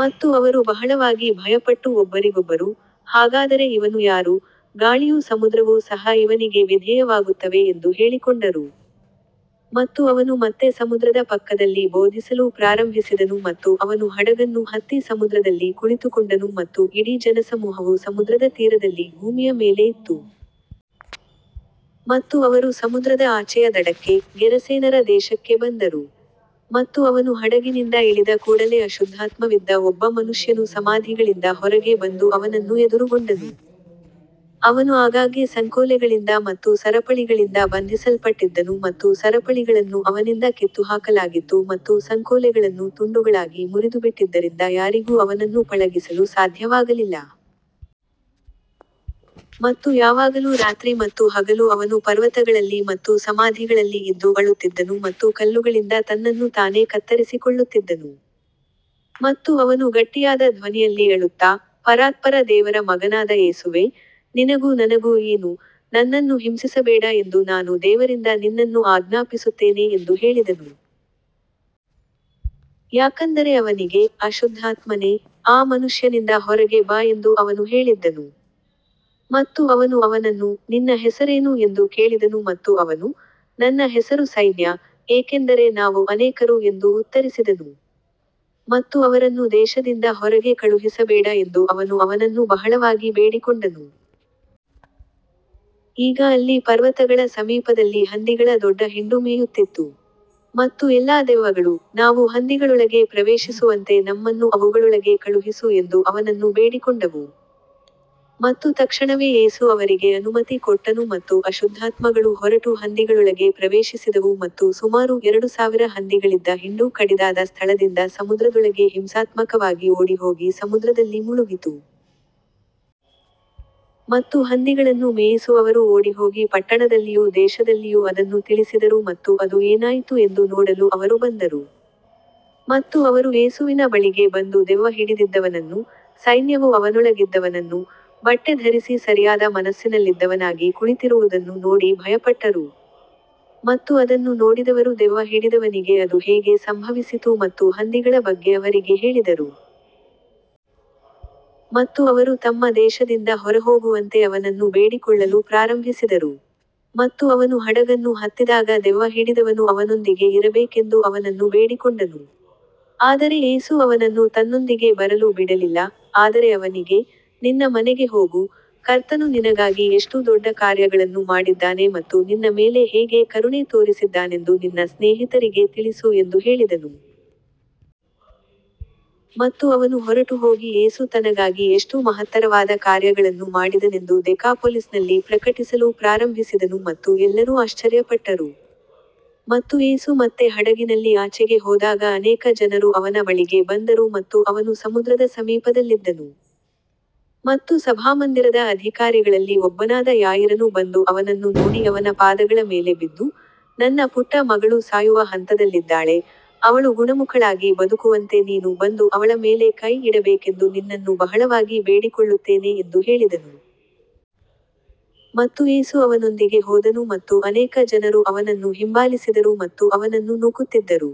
ಮತ್ತು ಅವರು ಬಹಳವಾಗಿ ಭಯಪಟ್ಟು ಒಬ್ಬರಿಗೊಬ್ಬರು, ಹಾಗಾದರೆ ಇವನು ಯಾರು, ಗಾಳಿಯೂ ಸಮುದ್ರವೂ ಸಹ ಇವನಿಗೆ ವಿಧೇಯವಾಗುತ್ತವೆ ಎಂದು ಹೇಳಿಕೊಂಡರು. ಮತ್ತು ಅವನು ಮತ್ತೆ ಸಮುದ್ರದ ಪಕ್ಕದಲ್ಲಿ ಬೋಧಿಸಲು ಪ್ರಾರಂಭಿಸಿದನು ಮತ್ತು ಅವನು ಹಡಗನ್ನು ಹತ್ತಿ ಸಮುದ್ರದಲ್ಲಿ ಕುಳಿತುಕೊಂಡನು ಮತ್ತು ಇಡೀ ಜನಸಮೂಹವು ಸಮುದ್ರದ ತೀರದಲ್ಲಿ ಭೂಮಿಯ ಮೇಲೆ ಇತ್ತು. ಮತ್ತು ಅವರು ಸಮುದ್ರದ ಆಚೆಯ ದಡಕ್ಕೆ, ಗೆರಸೇನರ ದೇಶಕ್ಕೆ ಬಂದರು. ಮತ್ತು ಅವನು ಹಡಗಿನಿಂದ ಇಳಿದ ಕೂಡಲೆ ಅಶುದ್ಧಾತ್ಮವಿದ್ದ ಒಬ್ಬ ಮನುಷ್ಯನು ಸಮಾಧಿಗಳಿಂದ ಹೊರಗೆ ಬಂದು ಅವನನ್ನು ಎದುರುಗೊಂಡನು. ಅವನು ಆಗಾಗ್ಗೆ ಸಂಕೋಲೆಗಳಿಂದ ಮತ್ತು ಸರಪಳಿಗಳಿಂದ ಬಂಧಿಸಲ್ಪಟ್ಟಿದ್ದನು ಮತ್ತು ಸರಪಳಿಗಳನ್ನು ಅವನಿಂದ ಕಿತ್ತುಹಾಕಲಾಗಿತ್ತು ಮತ್ತು ಸಂಕೋಲೆಗಳನ್ನು ತುಂಡುಗಳಾಗಿ ಮುರಿದುಬಿಟ್ಟಿದ್ದರಿಂದ ಯಾರಿಗೂ ಅವನನ್ನು ಪಳಗಿಸಲು ಸಾಧ್ಯವಾಗಲಿಲ್ಲ. ಮತ್ತು ಯಾವಾಗಲೂ ರಾತ್ರಿ ಮತ್ತು ಹಗಲು ಅವನು ಪರ್ವತಗಳಲ್ಲಿ ಮತ್ತು ಸಮಾಧಿಗಳಲ್ಲಿ ಇದ್ದು ಅಳುತ್ತಿದ್ದನು ಮತ್ತು ಕಲ್ಲುಗಳಿಂದ ತನ್ನನ್ನು ತಾನೇ ಕತ್ತರಿಸಿಕೊಳ್ಳುತ್ತಿದ್ದನು. ಮತ್ತು ಅವನು ಗಟ್ಟಿಯಾದ ಧ್ವನಿಯಲ್ಲಿ ಅಳುತ್ತಾ, ಪರಾತ್ಪರ ದೇವರ ಮಗನಾದ ಯೇಸುವೇ, ನಿನಗೂ ನನಗೂ ಏನು, ನನ್ನನ್ನು ಹಿಂಸಿಸಬೇಡ ಎಂದು ನಾನು ದೇವರಿಂದ ನಿನ್ನನ್ನು ಆಜ್ಞಾಪಿಸುತ್ತೇನೆ ಎಂದು ಹೇಳಿದನು. ಯಾಕಂದರೆ ಅವನಿಗೆ, ಅಶುದ್ಧಾತ್ಮನೇ, ಆ ಮನುಷ್ಯನಿಂದ ಹೊರಗೆ ಬಾ ಎಂದು ಅವನು ಹೇಳಿದ್ದನು. ಮತ್ತು ಅವನು ಅವನನ್ನು, ನಿನ್ನ ಹೆಸರೇನು ಎಂದು ಕೇಳಿದನು ಮತ್ತು ಅವನು, ನನ್ನ ಹೆಸರು ಸೈನ್ಯ, ಏಕೆಂದರೆ ನಾವು ಅನೇಕರು ಎಂದು ಉತ್ತರಿಸಿದನು. ಮತ್ತು ಅವರನ್ನು ದೇಶದಿಂದ ಹೊರಗೆ ಕಳುಹಿಸಬೇಡ ಎಂದು ಅವನು ಅವನನ್ನು ಬಹಳವಾಗಿ ಬೇಡಿಕೊಂಡನು. ಈಗ ಅಲ್ಲಿ ಪರ್ವತಗಳ ಸಮೀಪದಲ್ಲಿ ಹಂದಿಗಳ ದೊಡ್ಡ ಹಿಂಡು ಮೇಯುತ್ತಿತ್ತು. ಮತ್ತು ಎಲ್ಲಾ ದೆವ್ವಗಳು, ನಾವು ಹಂದಿಗಳೊಳಗೆ ಪ್ರವೇಶಿಸುವಂತೆ ನಮ್ಮನ್ನು ಅವುಗಳೊಳಗೆ ಕಳುಹಿಸು ಎಂದು ಅವನನ್ನು ಬೇಡಿಕೊಂಡವು. ಮತ್ತು ತಕ್ಷಣವೇ ಯೇಸು ಅವರಿಗೆ ಅನುಮತಿ ಕೊಟ್ಟನು ಮತ್ತು ಅಶುದ್ಧಾತ್ಮಗಳು ಹೊರಟು ಹಂದಿಗಳೊಳಗೆ ಪ್ರವೇಶಿಸಿದವು ಮತ್ತು ಸುಮಾರು ಎರಡು ಸಾವಿರ ಹಂದಿಗಳಿದ್ದ ಹಿಂಡು ಕಡಿದಾದ ಸ್ಥಳದಿಂದ ಸಮುದ್ರದೊಳಗೆ ಹಿಂಸಾತ್ಮಕವಾಗಿ ಓಡಿಹೋಗಿ ಸಮುದ್ರದಲ್ಲಿ ಮುಳುಗಿತು. ಮತ್ತು ಹಂದಿಗಳನ್ನು ಮೇಯಿಸುವವರು ಓಡಿಹೋಗಿ ಪಟ್ಟಣದಲ್ಲಿಯೂ ದೇಶದಲ್ಲಿಯೂ ಅದನ್ನು ತಿಳಿಸಿದರು ಮತ್ತು ಅದು ಏನಾಯಿತು ಎಂದು ನೋಡಲು ಅವರು ಬಂದರು. ಮತ್ತು ಅವರು ಯೇಸುವಿನ ಬಳಿಗೆ ಬಂದು ದೆವ್ವ ಹಿಡಿದಿದ್ದವನನ್ನು, ಸೈನ್ಯವು ಅವನೊಳಗಿದ್ದವನನ್ನು, ಬಟ್ಟೆ ಧರಿಸಿ ಸರಿಯಾದ ಮನಸ್ಸಿನಲ್ಲಿದ್ದವನಾಗಿ ಕುಳಿತಿರುವುದನ್ನು ನೋಡಿ ಭಯಪಟ್ಟರು. ಮತ್ತು ಅದನ್ನು ನೋಡಿದವರು ದೆವ್ವ ಹಿಡಿದವನಿಗೆ ಅದು ಹೇಗೆ ಸಂಭವಿಸಿತು ಮತ್ತು ಹಂದಿಗಳ ಬಗ್ಗೆ ಅವರಿಗೆ ಹೇಳಿದರು. ಮತ್ತು ಅವರು ತಮ್ಮ ದೇಶದಿಂದ ಹೊರಹೋಗುವಂತೆ ಅವನನ್ನು ಬೇಡಿಕೊಳ್ಳಲು ಪ್ರಾರಂಭಿಸಿದರು. ಮತ್ತು ಅವನು ಹಡಗನ್ನು ಹತ್ತಿದಾಗ ದೆವ್ವ ಹಿಡಿದವನು ಅವನೊಂದಿಗೆ ಇರಬೇಕೆಂದು ಅವನನ್ನು ಬೇಡಿಕೊಂಡನು. ಆದರೆ ಯೇಸು ಅವನನ್ನು ತನ್ನೊಂದಿಗೆ ಬರಲು ಬಿಡಲಿಲ್ಲ, ಆದರೆ ಅವನಿಗೆ, ನಿನ್ನ ಮನೆಗೆ ಹೋಗು, ಕರ್ತನು ನಿನಗಾಗಿ ಎಷ್ಟು ದೊಡ್ಡ ಕಾರ್ಯಗಳನ್ನು ಮಾಡಿದ್ದಾನೆ ಮತ್ತು ನಿನ್ನ ಮೇಲೆ ಹೇಗೆ ಕರುಣೆ ತೋರಿಸಿದ್ದಾನೆಂದು ನಿನ್ನ ಸ್ನೇಹಿತರಿಗೆ ತಿಳಿಸು ಎಂದು ಹೇಳಿದನು. ಮತ್ತು ಅವನು ಹೊರಟುಹೋಗಿ ಯೇಸು ತನಗಾಗಿ ಎಷ್ಟು ಮಹತ್ತರವಾದ ಕಾರ್ಯಗಳನ್ನು ಮಾಡಿದನೆಂದು ದೆಕಾಪೊಲಿಸ್‌ನಲ್ಲಿ ಪ್ರಕಟಿಸಲು ಪ್ರಾರಂಭಿಸಿದನು ಮತ್ತು ಎಲ್ಲರೂ ಆಶ್ಚರ್ಯಪಟ್ಟರು. ಮತ್ತು ಯೇಸು ಮತ್ತೆ ಹಡಗಿನಲ್ಲಿ ಆಚೆಗೆ ಹೋದಾಗ ಅನೇಕ ಜನರು ಅವನ ಬಳಿಗೆ ಬಂದರು ಮತ್ತು ಅವನು ಸಮುದ್ರದ ಸಮೀಪದಲ್ಲಿದ್ದನು. ಮತ್ತು ಸಭಾಮಂದಿರದ ಅಧಿಕಾರಿಗಳಲ್ಲಿ ಒಬ್ಬನಾದ ಯಾಯೀರನು ಬಂದು ಅವನನ್ನು ನೋಡಿ ಅವನ ಪಾದಗಳ ಮೇಲೆ ಬಿದ್ದು, ನನ್ನ ಪುಟ್ಟ ಮಗಳು ಸಾಯುವ ಹಂತದಲ್ಲಿದ್ದಾಳೆ, ಅವಳು ಗುಣಮುಖಳಾಗಿ ಬದುಕುವಂತೆ ನೀನು ಬಂದು ಅವಳ ಮೇಲೆ ಕೈ ಇಡಬೇಕೆಂದು ನಿನ್ನನ್ನು ಬಹಳವಾಗಿ ಬೇಡಿಕೊಳ್ಳುತ್ತೇನೆ ಎಂದು ಹೇಳಿದನು. ಮತ್ತು ಯೇಸು ಅವನೊಂದಿಗೆ ಹೋದನು ಮತ್ತು ಅನೇಕ ಜನರು ಅವನನ್ನು ಹಿಂಬಾಲಿಸಿದರು ಮತ್ತು ಅವನನ್ನು ನೂಕುತ್ತಿದ್ದರು.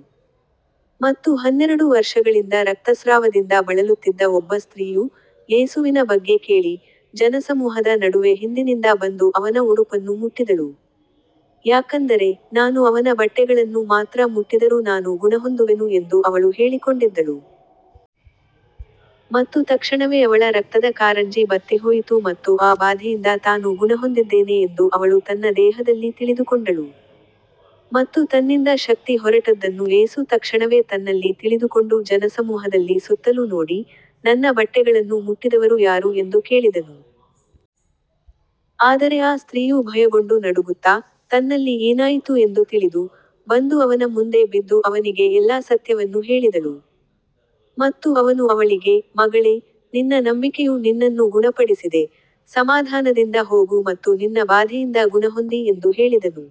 ಮತ್ತು ಹನ್ನೆರಡು ವರ್ಷಗಳಿಂದ ರಕ್ತಸ್ರಾವದಿಂದ ಬಳಲುತ್ತಿದ್ದ ಒಬ್ಬ ಸ್ತ್ರೀಯು, ಯೇಸುವಿನ ಬಗ್ಗೆ ಕೇಳಿ, ಜನಸಮೂಹದ ನಡುವೆ ಹಿಂದಿನಿಂದ ಬಂದು ಅವನ ಉಡುಪನ್ನು ಮುಟ್ಟಿದಳು. ಯಾಕಂದರೆ, ನಾನು ಅವನ ಬಟ್ಟೆಗಳನ್ನು ಮಾತ್ರ ಮುಟ್ಟಿದರೂ ನಾನು ಗುಣಹೊಂದುವೆನು ಎಂದು ಅವಳು ಹೇಳಿಕೊಂಡಿದ್ದಳು. ಮತ್ತು ತಕ್ಷಣವೇ ಅವಳ ರಕ್ತದ ಕಾರಂಜಿ ಬತ್ತಿಹೋಯಿತು ಮತ್ತು ಆ ಬಾಧೆಯಿಂದ ತಾನು ಗುಣಹೊಂದಿದ್ದೇನೆ ಎಂದು ಅವಳು ತನ್ನ ದೇಹದಲ್ಲಿ ತಿಳಿದುಕೊಂಡಳು. ಮತ್ತು ತನ್ನಿಂದ ಶಕ್ತಿ ಹೊರಟದ್ದನ್ನು ಯೇಸು ತಕ್ಷಣವೇ ತನ್ನಲ್ಲಿ ತಿಳಿದುಕೊಂಡು ಜನಸಮೂಹದಲ್ಲಿ ಸುತ್ತಲೂ ನೋಡಿ, ನನ್ನ ಬಟ್ಟೆಗಳನ್ನು ಮುಟ್ಟಿದವರು ಯಾರು ಎಂದು ಕೇಳಿದನು. ಆದರೆ ಆ ಸ್ತ್ರೀಯು ಭಯಗೊಂಡು ನಡುಗುತ್ತಾ, ತನ್ನಲ್ಲಿ ಏನಾಯಿತು ಎಂದು ತಿಳಿದು, ಬಂದು ಅವನ ಮುಂದೆ ಬಿದ್ದು ಅವನಿಗೆ ಎಲ್ಲಾ ಸತ್ಯವನ್ನು ಹೇಳಿದಳು. ಮತ್ತು ಅವನು ಅವಳಿಗೆ, ಮಗಳೇ, ನಿನ್ನ ನಂಬಿಕೆಯು ನಿನ್ನನ್ನು ಗುಣಪಡಿಸಿದೆ, ಸಮಾಧಾನದಿಂದ ಹೋಗು ಮತ್ತು ನಿನ್ನ ಬಾಧೆಯಿಂದ ಗುಣಹೊಂದಿ ಎಂದು ಹೇಳಿದನು.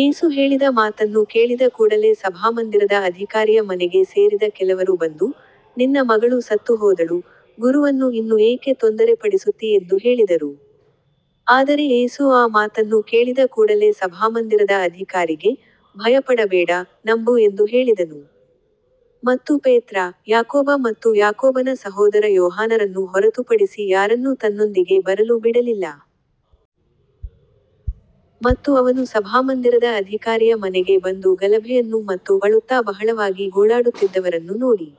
ಯೇಸು ಹೇಳಿದ ಮಾತನ್ನು ಕೇಳಿದ ಕೂಡಲೆ ಸಭಾಮಂದಿರದ ಅಧಿಕಾರಿಯ ಮನೆಗೆ ಸೇರಿದ ಕೆಲವರು ಬಂದು, ನಿನ್ನ ಮಗಳು ಸತ್ತುಹೋದಳು, ಗುರುವನ್ನು ಇನ್ನು ಏಕೆ ತೊಂದರೆಪಡಿಸುತ್ತೀ ಎಂದು ಹೇಳಿದರು. ಆದರೆ ಯೇಸು ಆ ಮಾತನ್ನು ಕೇಳಿದ ಕೂಡಲೆ ಸಭಾಮಂದಿರದ ಅಧಿಕಾರಿಗೆ, ಭಯಪಡಬೇಡ, ನಂಬು ಎಂದು ಹೇಳಿದನು. ಮತ್ತು ಪೇತ್ರ, ಯಾಕೋಬ ಮತ್ತು ಯಾಕೋಬನ ಸಹೋದರ ಯೋಹಾನರನ್ನು ಹೊರತುಪಡಿಸಿ ಯಾರನ್ನೂ ತನ್ನೊಂದಿಗೆ ಬರಲು ಬಿಡಲಿಲ್ಲ. ಮತ್ತು ಅವನು ಸಭಾಮಂದಿರದ ಅಧಿಕಾರಿಯ ಮನೆಗೆ ಬಂದು ಗಲಭೆಯನ್ನು ಮತ್ತು ಅಳುತ್ತಾ ಬಹಳವಾಗಿ ಗೋಳಾಡುತ್ತಿದ್ದವರನ್ನು ನೋಡಿ.